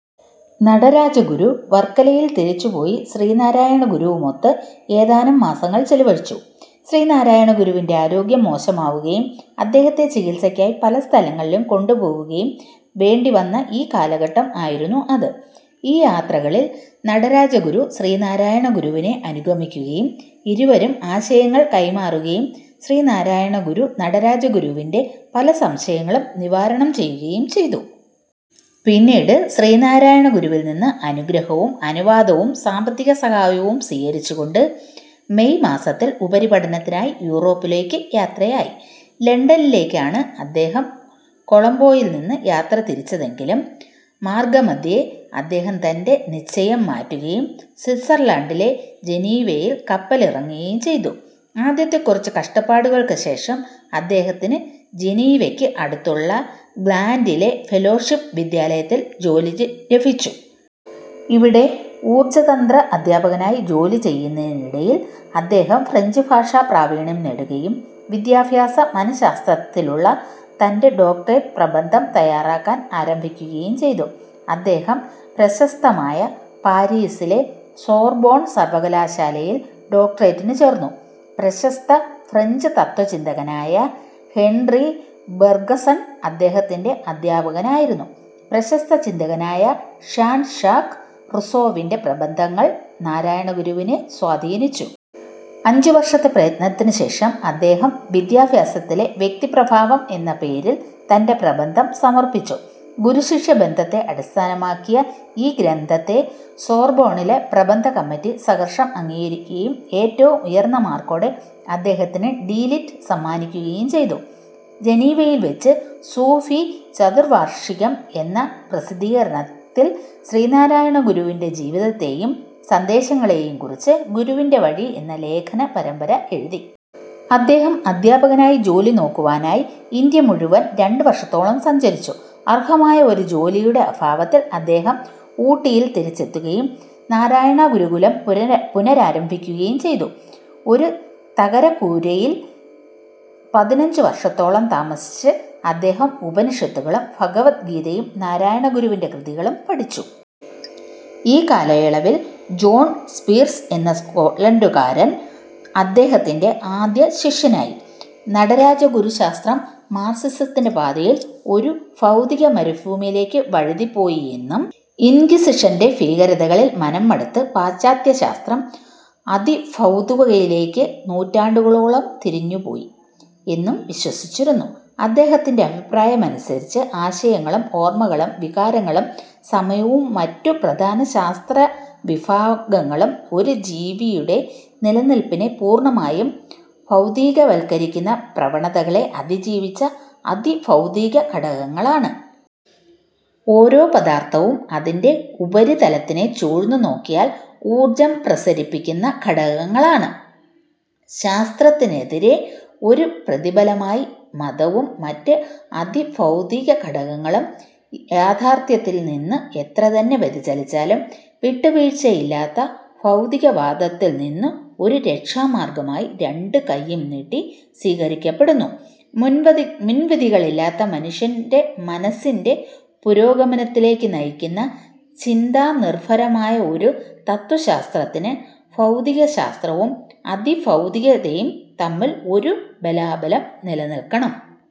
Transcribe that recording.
നടരാജ ഗുരു വർക്കലയിൽ തിരിച്ചു പോയി ശ്രീനാരായണ ഗുരുവുമൊത്ത് ഏതാനും മാസങ്ങൾ ചിലവഴിച്ചു. ശ്രീ നാരായണ ഗുരുവിന്റെ ആരോഗ്യം മോശമാവുകയും അദ്ദേഹത്തെ ചികത്സക്കായി പല സ്ഥലങ്ങളിലും കൊണ്ടുപോവുകയും വേണ്ടിവന്ന ഈ കാലഘട്ടം ആയിരുന്നു അത്. ഈ യാത്രകളിൽ നടരാജ ഗുരു ശ്രീനാരായണ ഗുരുവിനെ അനുഗമിക്കുകയും ഇരുവരും ആശയങ്ങൾ കൈമാറുകയും ശ്രീനാരായണ ഗുരു നടരാജ ഗുരുവിന്റെ പല സംശയങ്ങളും നിവാരണം ചെയ്യുകയും ചെയ്തു. പിന്നീട് ശ്രീനാരായണ ഗുരുവിൽ നിന്നം അനുഗ്രഹവും അനുവാദവും സാമ്പത്തിക സഹായവും സ്വീകരിച്ചു കൊണ്ട് മെയ് മാസത്തിൽ ഉപരിപഠനത്തിനായി യൂറോപ്പിലേക്ക് യാത്രയായി. ലണ്ടനിലേക്കാണു അദ്ദേഹം കൊളംബോയിൽ നിന്നു യാത്ര തിരിച്ചതെങ്കിലും മാർഗ്ഗമദ്ധ്യേ അദ്ദേഹം തന്റെ നിശ്ചയം മാറ്റുകയും സ്വിറ്റ്സർലാന്റിലെ ജനീവയിൽ കപ്പലിറങ്ങുകയും ചെയ്തു. ആദ്യത്തെ കുറച്ചു കഷ്ടപ്പാടുകൾക്കു ശേഷം അദ്ദേഹത്തിനു ജനീവക്കു അടുത്തുള്ള ഗ്ലാന്റിലെ ഫെലോഷിപ് വിദ്യാലയത്തിൽ ജോലി ലഭിച്ചു. ഇവിടെ ഊർജ്ജതന്ത്ര അദ്ധ്യാപകനായി ജോലി ചെയ്യുന്നതിനിടയിൽ അദ്ദേഹം ഫ്രഞ്ച് ഭാഷ പ്രാവീണ്യം നേടുകയും വിദ്യാഭ്യാസ മനശാസ്ത്രത്തിലുള്ള തന്റെ ഡോക്ടറേറ്റ് പ്രബന്ധം തയ്യാറാക്കാൻ ആരംഭിക്കുകയും ചെയ്തു. അദ്ദേഹം പ്രശസ്തമായ പാരീസിലെ സോർബോൺ സർവകലാശാലയിൽ ഡോക്ടറേറ്റിനു ചേർന്നു. പ്രശസ്ത ഫ്രഞ്ച് തത്ത്വചിന്തകനായ ഹെന്രി ബെർഗ്ഗ്സൺ അദ്ദേഹത്തിന്റെ അദ്ധ്യാപകനായിരുന്നു. പ്രശസ്ത ചിന്തകനായ ഷാൺ ഷാക്ക് റൂസ്സോവിന്റെ പ്രബന്ധങ്ങൾ നാരായണ ഗുരുവിനെ സ്വാധീനിച്ചു. അഞ്ചു വർഷത്തെ പ്രയത്നത്തിനു ശേഷം അദ്ദേഹം വിദ്യാഭ്യാസത്തിലെ വ്യക്തി പ്രഭാവം എന്ന പേരിൽ തന്റെ പ്രബന്ധം സമർപ്പിച്ചു. ഗുരുശിഷ്യ ബന്ധത്തെ അടിസ്ഥാനമാക്കിയ ഈ ഗ്രന്ധത്തെ സോർബോണിലെ പ്രബന്ധ കമ്മിറ്റി സഹർഷം അംഗീകരിക്കുകയും ഏറ്റവും ഉയർന്ന മാർക്കോടെ അദ്ദേഹത്തിനു ഡി. ലിറ്റ് സമ്മാനിക്കുകയും ചെയ്തു. ജനീവയിൽ വെച്ച് സൂഫി ചതുർവാർഷികം എന്ന പ്രസിദ്ധീകരണത്തിൽ ശ്രീനാരായണ ഗുരുവിന്റെ ജീവിതത്തെയും സന്ദേശങ്ങളെയും കുറിച്ച് "ഗുരുവിന്റെ വഴി" എന്ന ലേഖന പരമ്പര എഴുതി. അദ്ദേഹം അദ്ധ്യാപകനായി ജോലി നോക്കുവാനായി ഇന്ത്യ മുഴുവൻ രണ്ടു വർഷത്തോളം സഞ്ചരിച്ചു. അർഹമായ ഒരു ജോലിയുടെ അഭാവത്തിൽ അദ്ദേഹം ഊട്ടിയിൽ തിരിച്ചെത്തുകയും നാരായണ ഗുരുകുലം പുനരാരംഭിക്കുകയും ചെയ്തു. ഒരു തകരക്കൂരയിൽ പതിനഞ്ചു വർഷത്തോളം താമസിച്ച് അദ്ദേഹം ഉപനിഷത്തുകളും ഭഗവദ് ഗീതയും നാരായണ ഗുരുവിന്റെ കൃതികളും പഠിച്ചു. ഈ കാലയളവിൽ ജോൺ സ്പീർസ് എന്ന സ്കോട്ട്ലാന്റുകാരൻ അദ്ദേഹത്തിന്റെ ആദ്യ ശിഷ്യനായി. നടരാജ ഗുരു ശാസ്ത്രം മാർക്സിസത്തിന്റെ പാതയിലൂടെ ഒരു ഭൗതിക മരുഭൂമിയിലേക്കു വഴുതിപ്പോയി എന്നും ഇൻക്വിസിഷന്റെ ഭീകരതകളിൽ മനം മടുത്ത് പാശ്ചാത്യ ശാസ്ത്രം അതിഭൌതുകയിലേക്ക് നൂറ്റാണ്ടുകളോളം തിരിഞ്ഞുപോയി എന്നും വിശ്വസിച്ചിരുന്നു. അദ്ദേഹത്തിന്റെ അഭിപ്രായമനുസരിച്ച് ആശയങ്ങളും ഓർമ്മകളും വികാരങ്ങളും സമയവും മറ്റു പ്രധാന ശാസ്ത്ര വിഭാഗങ്ങളും ഒരു ജീവിയുടെ നിലനില്പിനെ പൂർണമായും ഭൌതീകവൽക്കരിക്കുന്ന പ്രവണതകളെ അതിജീവിച്ച അതിഭൌതീക ഖടകങ്ങളാണ്. ഓരോ പദാർഥവും അതിന്റെ ഉപരിതലത്തിനെ ചൂഴ്ന്നു നോക്കിയാൽ ഊർജ്ജം പ്രസരിപ്പിക്കുന്ന ഖടകങ്ങളാണ്. ശാസ്ത്രത്തിനെതിരെ ഒരു പ്രതിബലമായി മതവും മറ്റ് അതിഭൌതീക ഖടകങ്ങളും യാത്ഥാർത്ഥ്യത്തിൽ നിന്നു എത്രതന്നെ വ്യതിചലിച്ചാലും വിട്ടുവീഴ്ചയില്ലാത്ത ഭൌതീകവാദത്തിൽനിന്നു ഒരു രക്ഷാമാർഗ്ഗമായി രണ്ടുകൈയും നീട്ടി സ്വീകരിക്കപ്പെടുന്നു. മുൻവിധികളില്ലാത്ത മനുഷ്യന്റെ മനസ്സിന്റെ പുരോഗമനത്തിലേക്കുനയിക്കുന്ന ചിന്താനിർഭരമായ ഒരു തത്ത്വശാസ്ത്രത്തിന് ഭൌതീകശാസ്ത്രവും അതിഭൌതീകതയും തമ്മിൽ ഒരു ബലാബലം നിലനിൽക്കണം.